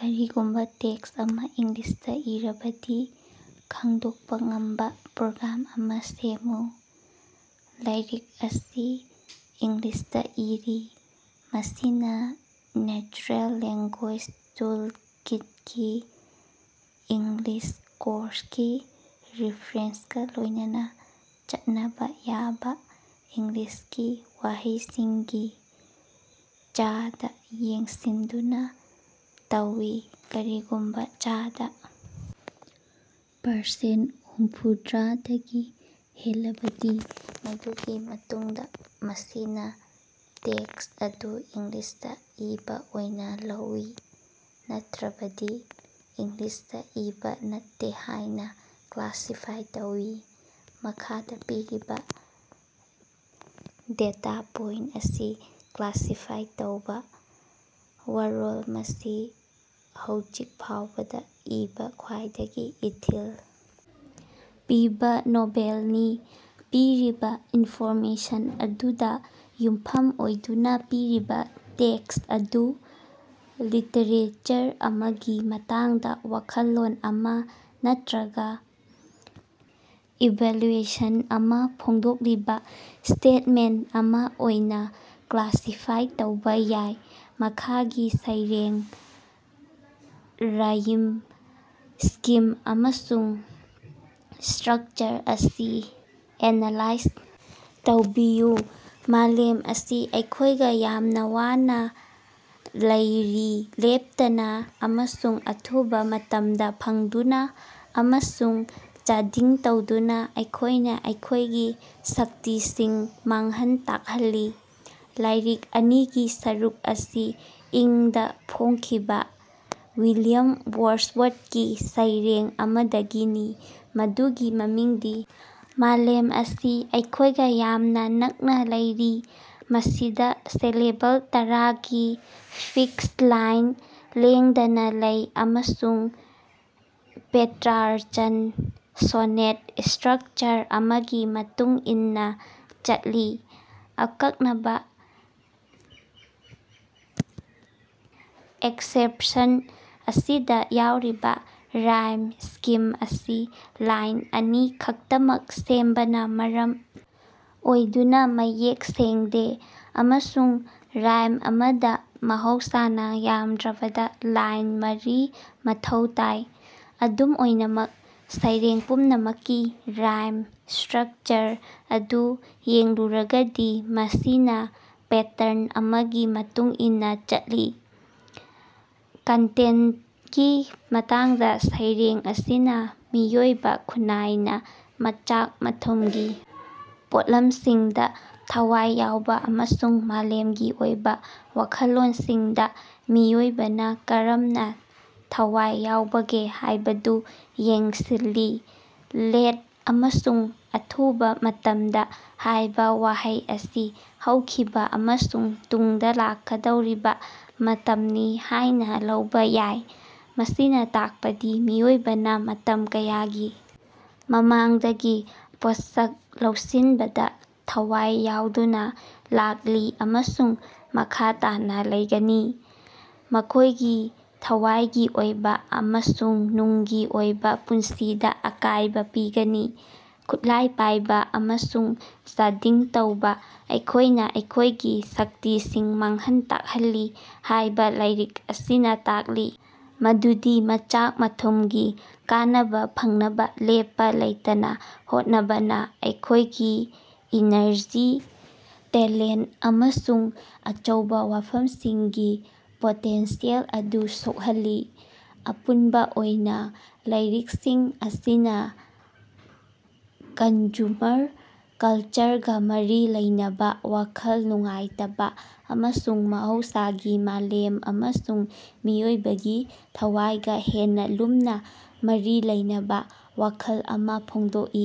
ꯀꯔꯤꯒꯨꯝꯕ ꯇꯦꯛ꯭ꯁꯠ ꯑꯃ ꯏꯪꯂꯤꯁꯇ ꯏꯔꯕꯗꯤ ꯈꯡꯗꯣꯛꯄ ꯉꯝꯕ ꯄ꯭ꯔꯣꯒ꯭ꯔꯥꯝ ꯑꯃ ꯁꯦꯝꯃꯨ꯫ ꯂꯥꯏꯔꯤꯛ ꯑꯁꯤ ꯏꯪꯂꯤꯁꯇ ꯏꯔꯤ꯫ ꯃꯁꯤꯅ ꯅꯦꯆꯔꯦꯜ ꯂꯦꯡꯒꯣꯏ꯭ꯁ ꯇꯨꯜ ꯀꯤꯠ ꯒꯤ ꯏꯪꯂꯤꯁ ꯀꯣꯔ꯭ꯁꯀꯤ ꯔꯤꯐ꯭ꯔꯦꯟꯁꯀꯥ ꯂꯣꯏꯅꯅ ꯆꯠꯅꯕ ꯌꯥꯕ ꯏꯪꯂꯤꯁꯀꯤ ꯋꯥꯍꯩꯁꯤꯡꯒꯤ ꯆꯥꯗ ꯌꯦꯡꯁꯤꯟꯗꯨꯅ ꯇꯧꯏ꯫ ꯀꯔꯤꯒꯨꯝꯕ ꯆꯥꯗ ꯄꯔꯁꯦꯟ ꯍꯨꯝꯐꯨꯗ꯭ꯔꯥꯗꯒꯤ ꯍꯦꯜꯂꯕꯗꯤ ꯃꯗꯨꯒꯤ ꯃꯇꯨꯡꯗ ꯃꯁꯤꯅ ꯇꯦꯛꯁ꯭ꯠ ꯑꯗꯨ ꯏꯪꯂꯤꯁꯇ‌ ꯏꯕꯥ ꯑꯣꯏꯅ ꯂꯧꯏ, ꯅꯠꯇꯔꯕꯗꯤ ꯏꯪꯂꯤꯁꯇ ꯏꯕꯥ ꯅꯠꯇꯦ ꯍꯥꯏꯅ ꯀ꯭ꯂꯥꯁꯤꯐꯥꯏ ꯇꯧꯏ꯫ ꯃꯈꯥꯗ ꯄꯤꯔꯤꯕ ꯗꯦꯇꯥ ꯄꯣꯏꯟꯇ ꯑꯁꯤ ꯀ꯭ꯂꯥꯁꯤꯐꯥꯏ ꯇꯧꯕ꯫ ꯋꯥꯔꯣꯜ ꯃꯁꯤ ꯍꯧꯖꯤꯛ ꯐꯥꯎꯕꯗ‌ ꯏꯕꯥ ꯈ꯭ꯋꯥꯏꯗꯒꯤ ꯏꯊꯤꯜ ꯄꯤꯕ ꯅꯣꯚꯦꯜꯅꯤ꯫ ꯄꯤꯔꯤꯕ ꯏꯟꯐꯣꯔꯃꯦꯁꯟ ꯑꯗꯨꯗ ꯌꯨꯝꯐꯝ ꯑꯣꯏꯗꯨꯅ ꯄꯤꯔꯤꯕ ꯇꯦꯛꯁ꯭ꯠ ꯑꯗꯨ ꯂꯤꯇꯔꯦꯆꯔ ꯑꯃꯒꯤ ꯃꯇꯥꯡꯗ ꯋꯥꯈꯜꯂꯣꯟ ꯑꯃ ꯅꯠꯇꯔꯒ ꯏꯚꯥꯂ꯭ꯌꯨꯑꯦꯁꯟ ꯑꯃ ꯐꯣꯡꯗꯣꯛꯂꯤꯕ ꯁ꯭ꯇꯦꯠꯃꯦꯟꯇ ꯑꯃ ꯑꯣꯏꯅ ꯀ꯭ꯂꯥꯁꯤꯐꯥꯏ ꯇꯧꯕ ꯌꯥꯏ꯫ ꯃꯈꯥꯒꯤ ꯁꯩꯔꯦꯡ, ꯔꯥꯏꯝ ꯁ꯭ꯀꯤꯝ ꯑꯃꯁꯨꯡ ꯁ꯭ꯇꯔꯛꯆꯔ ꯑꯁꯤ ꯑꯦꯅꯥꯂꯥꯏꯖ ꯇꯧꯕꯤꯌꯨ꯫ ꯃꯥꯂꯦꯝ ꯑꯁꯤ ꯑꯩꯈꯣꯏꯒ ꯌꯥꯝꯅ ꯋꯥꯅ ꯂꯩꯔꯤ ꯂꯦꯞꯇꯅ ꯑꯃꯁꯨꯡ ꯑꯊꯨꯕ ꯃꯇꯝꯗ ꯐꯪꯗꯨꯅ ꯑꯃꯁꯨꯡ ꯆꯥꯗꯤꯡ ꯇꯧꯗꯨꯅ ꯑꯩꯈꯣꯏꯅ ꯑꯩꯈꯣꯏꯒꯤ ꯁꯛꯇꯤꯁꯤꯡ ꯃꯥꯡꯍꯟ ꯇꯥꯛꯍꯜꯂꯤ꯫ ꯂꯥꯏꯔꯤꯛ ꯑꯅꯤꯒꯤ ꯁꯔꯨꯛ ꯑꯁꯤ ꯏꯪ ꯗꯥ ꯐꯣꯡꯈꯤꯕ ꯋꯤꯂꯤꯌꯝ ꯋꯥꯔꯗ꯭ꯁꯋꯔꯗꯀꯤ ꯁꯩꯔꯦꯡ ꯑꯃꯗꯒꯤꯅꯤ, ꯃꯗꯨꯒꯤ ꯃꯃꯤꯡꯗꯤ ꯃꯥꯂꯦꯝ ꯑꯁꯤ ꯑꯩꯈꯣꯏꯒ ꯌꯥꯝꯅ ꯅꯛꯅ ꯂꯩꯔꯤ꯫ ꯃꯁꯤꯗ ꯁꯤꯂꯦꯕꯜ ꯇꯔꯥꯒꯤ ꯐꯤꯛꯁ ꯂꯥꯏꯟ ꯂꯦꯡꯗꯅ ꯂꯩ ꯑꯃꯁꯨꯡ ꯄꯦꯇ꯭ꯔꯥꯔꯆꯟ ꯁꯣꯅꯦꯠ ꯁ꯭ꯇꯔꯛꯆꯔ ꯑꯃꯒꯤ ꯃꯇꯨꯡ ꯏꯟꯅ ꯆꯠꯂꯤ꯫ ꯑꯀꯛꯅꯕ ꯑꯦꯛꯁꯦꯞꯁꯟ ꯑꯁꯤꯗ ꯌꯥꯎꯔꯤꯕ ꯔꯥꯏꯝ ꯁ꯭ꯀꯤꯝ ꯑꯁꯤ ꯂꯥꯏꯟ ꯑꯅꯤ ꯈꯛꯇꯃꯛ ꯁꯦꯝꯕꯅ ꯃꯔꯝ ꯑꯣꯏꯗꯨꯅ ꯃꯌꯦꯛ ꯁꯦꯡꯗꯦ, ꯑꯃꯁꯨꯡ ꯔꯥꯏꯝ ꯑꯃꯗ ꯃꯍꯧꯁꯥꯅ ꯌꯥꯝꯗ꯭ꯔꯕꯗ‌ ꯂꯥꯏꯟ ꯃꯔꯤ ꯃꯊꯧ ꯇꯥꯏ꯫ ꯑꯗꯨꯝ ꯑꯣꯏꯅꯃꯛ, ꯁꯩꯔꯦꯡ ꯄꯨꯝꯅꯃꯛꯀꯤ ꯔꯥꯏꯝ ꯁ꯭ꯠꯔꯀꯆꯔ ꯑꯗꯨ ꯌꯦꯡꯂꯨꯔꯒꯗꯤ ꯃꯁꯤꯅ ꯄꯦꯇ꯭ꯔꯟ ꯑꯃꯒꯤ ꯃꯇꯨꯡ ꯏꯟꯅ ꯆꯠꯂꯤ꯫ ꯀꯟꯇꯦꯟꯇꯀꯤ ꯃꯇꯥꯡꯗ ꯁꯩꯔꯦꯡ ꯑꯁꯤꯅ ꯃꯤꯑꯣꯏꯕ ꯈꯨꯟꯅꯥꯏꯅ ꯃꯆꯥꯛ-ꯃꯊꯨꯝꯒꯤ ꯄꯣꯠꯂꯝꯁꯤꯡꯗ ꯊꯋꯥꯏ ꯌꯥꯎꯕ ꯑꯃꯁꯨꯡ ꯃꯥꯂꯦꯝꯒꯤ ꯑꯣꯏꯕ ꯋꯥꯈꯜꯂꯣꯟꯁꯤꯡꯗ ꯃꯤꯑꯣꯏꯕꯅ ꯀꯔꯝꯅ ꯊꯋꯥꯏ ꯌꯥꯎꯕꯒꯦ ꯍꯥꯌꯕꯗꯨ ꯌꯦꯡꯁꯤꯜꯂꯤ꯫ ꯂꯦꯠ ꯑꯃꯁꯨꯡ ꯑꯊꯨꯕꯥ ꯃꯇꯃꯗ ꯍꯥꯏꯕ ꯋꯥꯍꯩ ꯑꯁꯤ ꯍꯧꯈꯤꯕ ꯑꯃꯁꯨꯡ ꯇꯨꯡꯗ ꯂꯥꯛꯀꯗꯧꯔꯤꯕ ꯃꯇꯝꯅꯤ ꯍꯥꯌꯅ ꯂꯧꯕ ꯌꯥꯏ, ꯃꯁꯤꯅ ꯇꯥꯛꯄꯗꯤ ꯃꯤꯑꯣꯏꯕꯅ ꯃꯇꯝ ꯀꯌꯥꯒꯤ ꯃꯃꯥꯡꯗꯒꯤ ꯄꯣꯠꯁꯛ ꯂꯧꯁꯤꯟꯕꯗ ꯊꯋꯥꯏ ꯌꯥꯎꯗꯨꯅ ꯂꯥꯛꯂꯤ ꯑꯃꯁꯨꯡ ꯃꯈꯥ ꯇꯥꯅ ꯂꯩꯒꯅꯤ, ꯃꯈꯣꯏꯒꯤ ꯊꯋꯥꯏꯒꯤ ꯑꯣꯏꯕ ꯑꯃꯁꯨꯡ ꯅꯨꯡꯒꯤ ꯑꯣꯏꯕ ꯄꯨꯟꯁꯤꯗ ꯑꯀꯥꯏꯕ ꯄꯤꯒꯅꯤ꯫ ꯈꯨꯠꯂꯥꯏ ꯄꯥꯏꯕ ꯑꯃꯁꯨꯡ ꯆꯥꯗꯤꯡ ꯇꯧꯕ ,ꯑꯩꯈꯣꯏꯅ ꯑꯩꯈꯣꯏꯒꯤ ꯁꯛꯇꯤꯁꯤꯡ ꯃꯥꯡꯍꯟ ꯇꯥꯛꯍꯜꯂꯤ ꯍꯥꯏꯕ ꯂꯥꯏꯔꯤꯛ ꯑꯁꯤꯅ ꯇꯥꯛꯂꯤ ꯃꯗꯨꯗꯤ ꯃꯆꯥꯛ-ꯃꯊꯨꯝꯒꯤ ꯀꯥꯟꯅꯕ ꯐꯪꯅꯕ ꯂꯦꯞꯄ ꯂꯩꯇꯅ ꯍꯣꯠꯅꯕꯅ ꯑꯩꯈꯣꯏꯒꯤ ꯏꯅꯔꯖꯤ, ꯇꯦꯂꯦꯟꯇ ꯑꯃꯁꯨꯡ ꯑꯆꯧꯕ ꯋꯥꯐꯝꯁꯤꯡꯒꯤ ꯄꯣꯇꯦꯟꯁꯤꯌꯦꯜ ꯑꯗꯨ ꯁꯣꯛꯍꯜꯂꯤ꯫ ꯑꯄꯨꯟꯕ ꯑꯣꯏꯅ ꯂꯥꯏꯔꯤꯛꯁꯤꯡ ꯑꯁꯤꯅ ꯀꯟꯖꯨꯃꯔ ꯀꯜꯆꯔꯒ ꯃꯔꯤ ꯂꯩꯅꯕ ꯋꯥꯈꯜ ꯅꯨꯡꯉꯥꯏꯇꯕ ꯑꯃꯁꯨꯡ ꯃꯍꯧꯁꯥꯒꯤ ꯃꯥꯂꯦꯝ ꯑꯃꯁꯨꯡ ꯃꯤꯑꯣꯏꯕꯒꯤ ꯊꯋꯥꯏꯒ ꯍꯦꯟꯅ ꯂꯨꯝꯅ ꯃꯔꯤ ꯂꯩꯅꯕ ꯋꯥꯈꯜ ꯑꯃ ꯐꯣꯡꯗꯣꯛꯂꯤ꯫